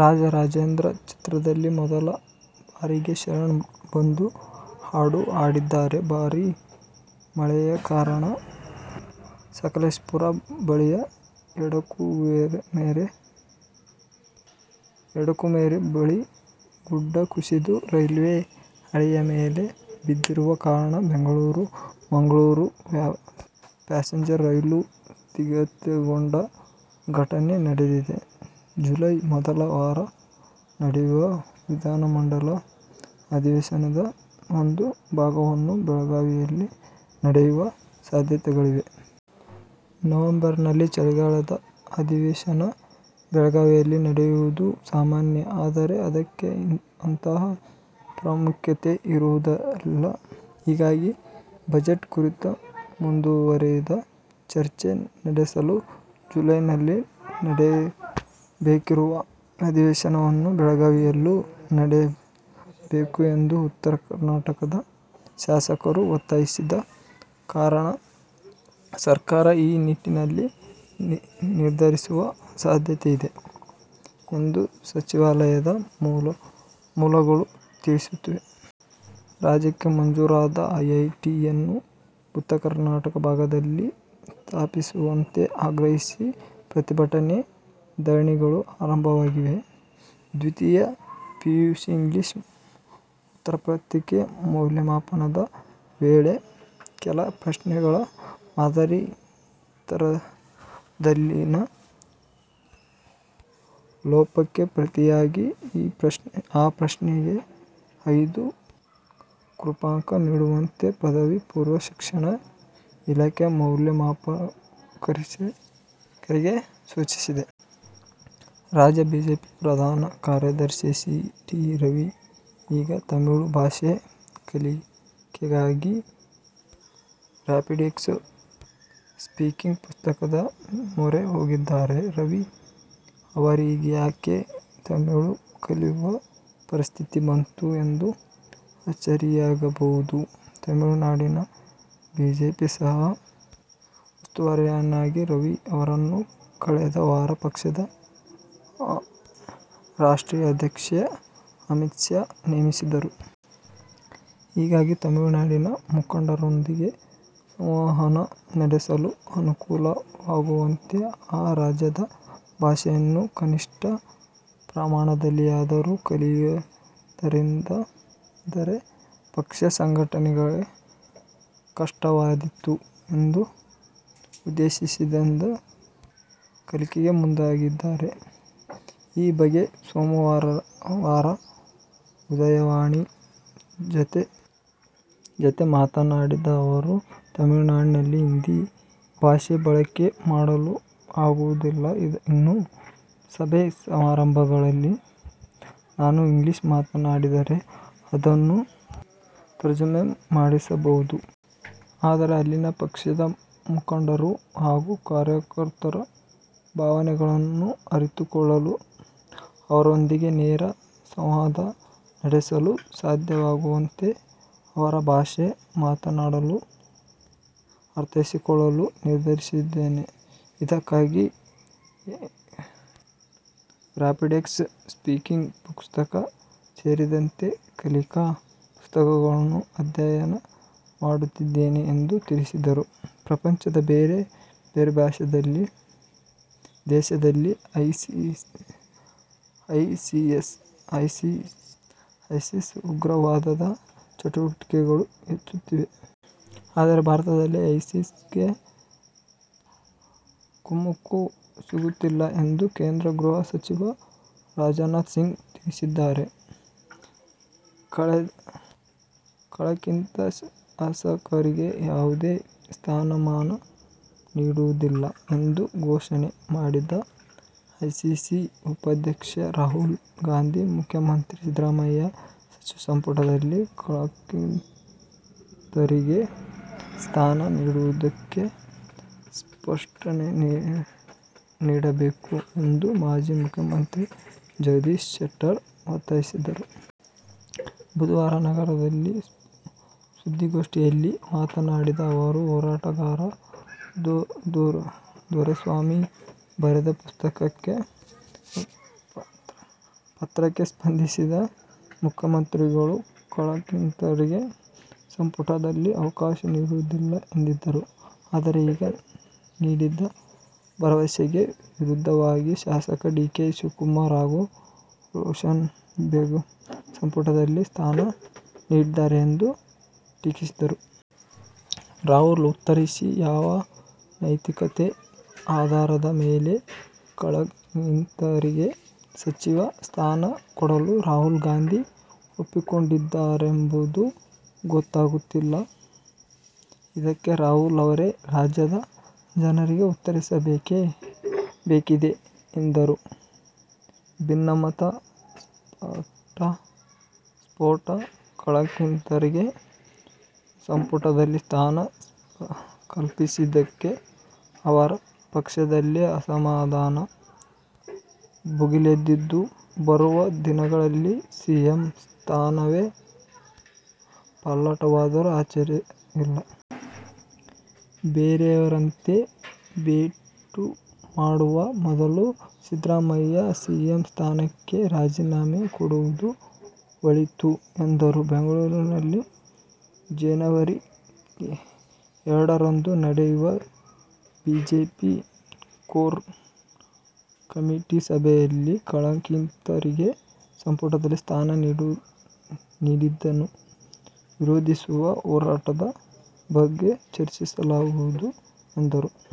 ರಾಜ ರಾಜೇಂದ್ರ' ಚಿತ್ರದಲ್ಲಿ ಮೊದಲ ಬಾರಿಗೆ ಶರಣ್ ಒಂದು ಹಾಡು ಹಾಡಿದ್ದಾರೆ. ಭಾರೀ ಮಳೆಯ ಕಾರಣ ಸಕೆಲೇಶಪುರ ಬಳಿಯ ಎಡಕುಮೇರಿ ಬಳಿ ಗುಡ್ಡ ಕುಸಿದು ರೈಲ್ವೇ ಹಳಿಯ ಮೇಲೆ ಬಿದ್ದಿರುವ ಕಾರಣ ಬೆಂಗಳೂರು -ಮಂಗಳೂರು ಪ್ಯಾಸೆಂಜರ್ ರೈಲು ಸ್ಥಗಿತಗೊಂಡ ಘಟನೆ ನಡೆದಿದೆ. ಜುಲೈ ಮೊದಲ ವಾರ ನಡೆಯುವ ವಿಧಾನಮಂಡಲ ಅಧಿವೇಶನದ ಒಂದು ಭಾಗವನ್ನು ಬೆಳಗಾವಿಯಲ್ಲಿ ನಡೆಯುವ ಸಾಧ್ಯತೆಗಳಿವೆ. ನವೆಂಬರ್ನಲ್ಲಿ ಚಳಿಗಾಲದ ಅಧಿವೇಶನ ಬೆಳಗಾವಿಯಲ್ಲಿ ನಡೆಯುವುದು ಸಾಮಾನ್ಯ. ಆದರೆ, ಅದಕ್ಕೆ ಅಂತಹ ಪ್ರಾಮುಖ್ಯತೆ ಇರುವುದಿಲ್ಲ. ಹೀಗಾಗಿ ಬಜೆಟ್ ಕುರಿತ ಮುಂದುವರೆದ ಚರ್ಚೆ ನಡೆಸಲು ಜುಲೈನಲ್ಲಿ ನಡೆಯಬೇಕಿರುವ ಅಧಿವೇಶನವನ್ನು ಬೆಳಗಾವಿಯಲ್ಲೂ ನಡೆಸಬೇಕು ಎಂದು ಉತ್ತರ ಕರ್ನಾಟಕದ ಶಾಸಕರು ಒತ್ತಾಯಿಸಿದ ಕಾರಣ ಸರ್ಕಾರ ಈ ನಿಟ್ಟಿನಲ್ಲಿ ನಿರ್ಧರಿಸುವ ಸಾಧ್ಯತೆಯಿದೆ ಎಂದು ಸಚಿವಾಲಯದ ಮೂಲಗಳು ತಿಳಿಸಿವೆ. ರಾಜ್ಯಕ್ಕೆ ಮಂಜೂರಾದ ಐಐಟಿಯನ್ನು ಉತ್ತರ ಕರ್ನಾಟಕ ಭಾಗದಲ್ಲಿ ಸ್ಥಾಪಿಸುವಂತೆ ಆಗ್ರಹಿಸಿ ಪ್ರತಿಭಟನೆ, ಧರಣಿಗಳು ಆರಂಭವಾಗಿವೆ. ದ್ವಿತೀಯ ಪಿಯುಸಿ ಇಂಗ್ಲೀಷ್ ಉತ್ತರ ಪತ್ರಿಕೆಯ ಮೌಲ್ಯಮಾಪನದ ವೇಳೆ ಕೆಲ ಪ್ರಶ್ನೆಗಳ ಮಾದರಿ ಉತ್ತರದಲ್ಲಿನ ಲೋಪಕ್ಕೆ ಪ್ರತಿಯಾಗಿ ಆ ಪ್ರಶ್ನೆಗಳಿಗೆ ಐದು ಕೃಪಾಂಕ ನೀಡುವಂತೆ ಪದವಿ ಪೂರ್ವ ಶಿಕ್ಷಣ ಇಲಾಖೆ ಮೌಲ್ಯಮಾಪಕರಿಗೆ ಸೂಚಿಸಿದೆ. ರಾಜ್ಯ ಬಿಜೆಪಿ ಪ್ರಧಾನ ಕಾರ್ಯದರ್ಶಿ ಸಿ. ಟಿ. ರವಿ ಈಗ ತಮಿಳು ಭಾಷೆ ಕಲಿಕೆಗಾಗಿ ರ್ಯಾಪಿಡೆಕ್ಸ್ ಸ್ಪೀಕಿಂಗ್ ಪುಸ್ತಕದ ಮೊರೆ ಹೋಗಿದ್ದಾರೆ. ರವಿ ಅವರಿಗ್ಯಾಕೆ ತಮಿಳು ಕಲಿವ ಪರಿಸ್ಥಿತಿ ಬಂತು ಎಂದು ಅಚ್ಚರಿಯಾಗಬಹುದು. ತಮಿಳುನಾಡಿನ ಬಿಜೆಪಿ ಸಹ ಉಸ್ತುವಾರಿಯನ್ನಾಗಿ ರವಿ ಅವರನ್ನು ಕಳೆದ ವಾರ ಪಕ್ಷದ ರಾಷ್ಟ್ರೀಯ ಅಧ್ಯಕ್ಷ ಅಮಿತ್ ಶಾ ನೇಮಿಸಿದ್ದರು. ಹೀಗಾಗಿ, ತಮಿಳುನಾಡಿನ ಮುಖಂಡರೊಂದಿಗೆ ಸಂವಹನ ನಡೆಸಲು ಅನುಕೂಲವಾಗುವಂತೆ ಆ ರಾಜ್ಯದ ಭಾಷೆಯನ್ನು ಕನಿಷ್ಠ ಪ್ರಮಾಣದಲ್ಲಿಯಾದರೂ ಕಲಿಯದಿದ್ದರೆ ಪಕ್ಷ ಸಂಘಟನೆಗೆ ಕಷ್ಟವಾದೀತು ಎಂಬ ಉದ್ದೇಶದಿಂದ ಕಲಿಕೆಗೆ ಮುಂದಾಗಿದ್ದಾರೆ. ಈ ಬಗ್ಗೆ ಸೋಮವಾರ ಉದಯವಾಣಿ' ಜತೆ ಮಾತನಾಡಿದ ಅವರು, ತಮಿಳುನಾಡಿನಲ್ಲಿ ಹಿಂದಿ ಭಾಷೆ ಬಳಕೆ ಮಾಡಲು ಆಗುವುದಿಲ್ಲ. ಇನ್ನು ಸಭೆ-ಸಮಾರಂಭಗಳಲ್ಲಿ ನಾನು ಇಂಗ್ಲಿಷ್ ಮಾತನಾಡಿದರೆ ಅದನ್ನು ತರ್ಜುಮೆ ಮಾಡಿಸಬಹುದು. ಆದರೆ, ಅಲ್ಲಿನ ಪಕ್ಷದ ಮುಖಂಡರು ಹಾಗೂ ಕಾರ್ಯಕರ್ತರ ಭಾವನೆಗಳನ್ನು ಅರಿತುಕೊಳ್ಳಲು ಅವರೊಂದಿಗೆ ನೇರ ಸಂವಾದ ನಡೆಸಲು ಸಾಧ್ಯವಾಗುವಂತೆ ಅವರ ಭಾಷೆ ಮಾತನಾಡಲು-ಅರ್ಥೈಸಿಕೊಳ್ಳಲು ನಿರ್ಧರಿಸಿದ್ದೇನೆ. ಇದಕ್ಕಾಗಿ ರ್ಯಾಪಿಡೆಕ್ಸ್ ಸ್ಪೀಕಿಂಗ್ ಪುಸ್ತಕ ಸೇರಿದಂತೆ ಕಲಿಕಾ ಪುಸ್ತಕಗಳನ್ನು ಅಧ್ಯಯನ ಮಾಡುತ್ತಿದ್ದೇನೆ ಎಂದು ತಿಳಿಸಿದರು. ಪ್ರಪಂಚದ ಬೇರೆ ಬೇರೆ ದೇಶಗಳಲ್ಲಿ ಐಸಿಸ್ ಉಗ್ರವಾದದ ಚಟುವಟಿಕೆಗಳು ಹೆಚ್ಚುತ್ತಿವೆ. ಆದರೆ, ಭಾರತದಲ್ಲಿ ಐಸಿಸ್ಗೆ ಕುಮ್ಮಕ್ಕು ಸಿಗುತ್ತಿಲ್ಲ ಎಂದು ಕೇಂದ್ರ ಗೃಹ ಸಚಿವ ರಾಜನಾಥ್ ಸಿಂಗ್ ತಿಳಿಸಿದ್ದಾರೆ. ಕಳಂಕಿತ ಶಾಸಕರಿಗೆ ಯಾವುದೇ ಸ್ಥಾನಮಾನ ನೀಡುವುದಿಲ್ಲ ಎಂದು ಘೋಷಣೆ ಮಾಡಿದ್ದ ಎಐಸಿಸಿ ಉಪಾಧ್ಯಕ್ಷ ರಾಹುಲ್ ಗಾಂಧಿ, ಮುಖ್ಯಮಂತ್ರಿ ಸಿದ್ದರಾಮಯ್ಯ ಸಚಿವ ಸಂಪುಟದಲ್ಲಿ ಕಳಂಕಿತರಿಗೆ ಸ್ಥಾನ ನೀಡಿರುವುದಕ್ಕೆ ಸ್ಪಷ್ಟನೆ ನೀಡಬೇಕು ಎಂದು ಮಾಜಿ ಮುಖ್ಯಮಂತ್ರಿ ಜಗದೀಶ ಶೆಟ್ಟರ್ ಒತ್ತಾಯಿಸಿದರು. ಬುಧವಾರ ನಗರದಲ್ಲಿ ಸುದ್ದಿಗೋಷ್ಠಿಯಲ್ಲಿ ಮಾತನಾಡಿದ ಅವರು, ಹೋರಾಟಗಾರ ದೊರೆಸ್ವಾಮಿ ಬರೆದ ಪತ್ರಕ್ಕೆ ಸ್ಪಂದಿಸಿದ ಮುಖ್ಯಮಂತ್ರಿಗಳು ಕಳಂಕಿತರಿಗೆ ಸಂಪುಟದಲ್ಲಿ ಅವಕಾಶ ನೀಡುವುದಿಲ್ಲ ಎಂದಿದ್ದರು. ಆದರೆ, ಈಗ ನೀಡಿದ್ದ ಭರವಸೆಗೆ ವಿರುದ್ಧವಾಗಿ ಶಾಸಕ ಡಿ. ಕೆ. ಶಿವಕುಮಾರ್ ಹಾಗೂ ರೋಷನ್ ಬೇಗ್ಗೆ ಸಂಪುಟದಲ್ಲಿ ಸ್ಥಾನ ನೀಡಿದ್ದಾರೆ ಎಂದು ಟೀಕಿಸಿದರು. ರಾಹುಲ್ ಉತ್ತರಿಸಿ: ಯಾವ ನೈತಿಕತೆ ಆಧಾರದ ಮೇಲೆ ಕಳಂಕಿತರಿಗೆ ಸಚಿವ ಸ್ಥಾನ ಕೊಡಲು ರಾಹುಲ್ ಗಾಂಧಿ ಒಪ್ಪಿಕೊಂಡಿದ್ದಾರೆಂಬುದು ಗೊತ್ತಾಗುತ್ತಿಲ್ಲ. ಇದಕ್ಕೆ ರಾಹುಲ್ ಅವರೇ ರಾಜ್ಯದ ಜನರಿಗೆ ಉತ್ತರಿಸಬೇಕಿದೆ ಎಂದರು. ಭಿನ್ನಮತ ಸ್ಫೋಟ: ಕಳಂಕಿತರಿಗೆ ಸಂಪುಟದಲ್ಲಿ ಸ್ಥಾನ ಕಲ್ಪಿಸಿದ್ದಕ್ಕೆ ಅವರ ಪಕ್ಷದಲ್ಲೇ ಅಸಮಾಧಾನ ಭುಗಿಲೆದ್ದಿದ್ದು, ಬರುವ ದಿನಗಳಲ್ಲಿ ಸಿಎಂ ಸ್ಥಾನವೇ ಪಲ್ಲಟವಾದರೂ ಅಚ್ಚರಿಯಿಲ್ಲ. ಬೇರೆಯವರತ್ತ ಬೆಟ್ಟು ಮಾಡುವ ಮೊದಲು ಸಿದ್ದರಾಮಯ್ಯ, ಸಿಎಂ ಸ್ಥಾನಕ್ಕೆ ರಾಜೀನಾಮೆ ಕೊಡುವುದು ಒಳಿತು ಎಂದರು. ಬೆಂಗಳೂರಿನಲ್ಲಿ ಜನವರಿ ಎರಡರಂದು ನಡೆಯುವ ಬಿಜೆಪಿ ಕೋರ್ ಕಮಿಟಿ ಸಭೆಯಲ್ಲಿ ಕಳಂಕಿತರಿಗೆ ಸಂಪುಟದಲ್ಲಿ ಸ್ಥಾನ ನೀಡಿದ್ದನ್ನು ವಿರೋಧಿಸಿಸುವ ಹೋರಾಟದ ಬಗ್ಗೆ ಚರ್ಚಿಸಲಾಗುವುದು ಎಂದರು.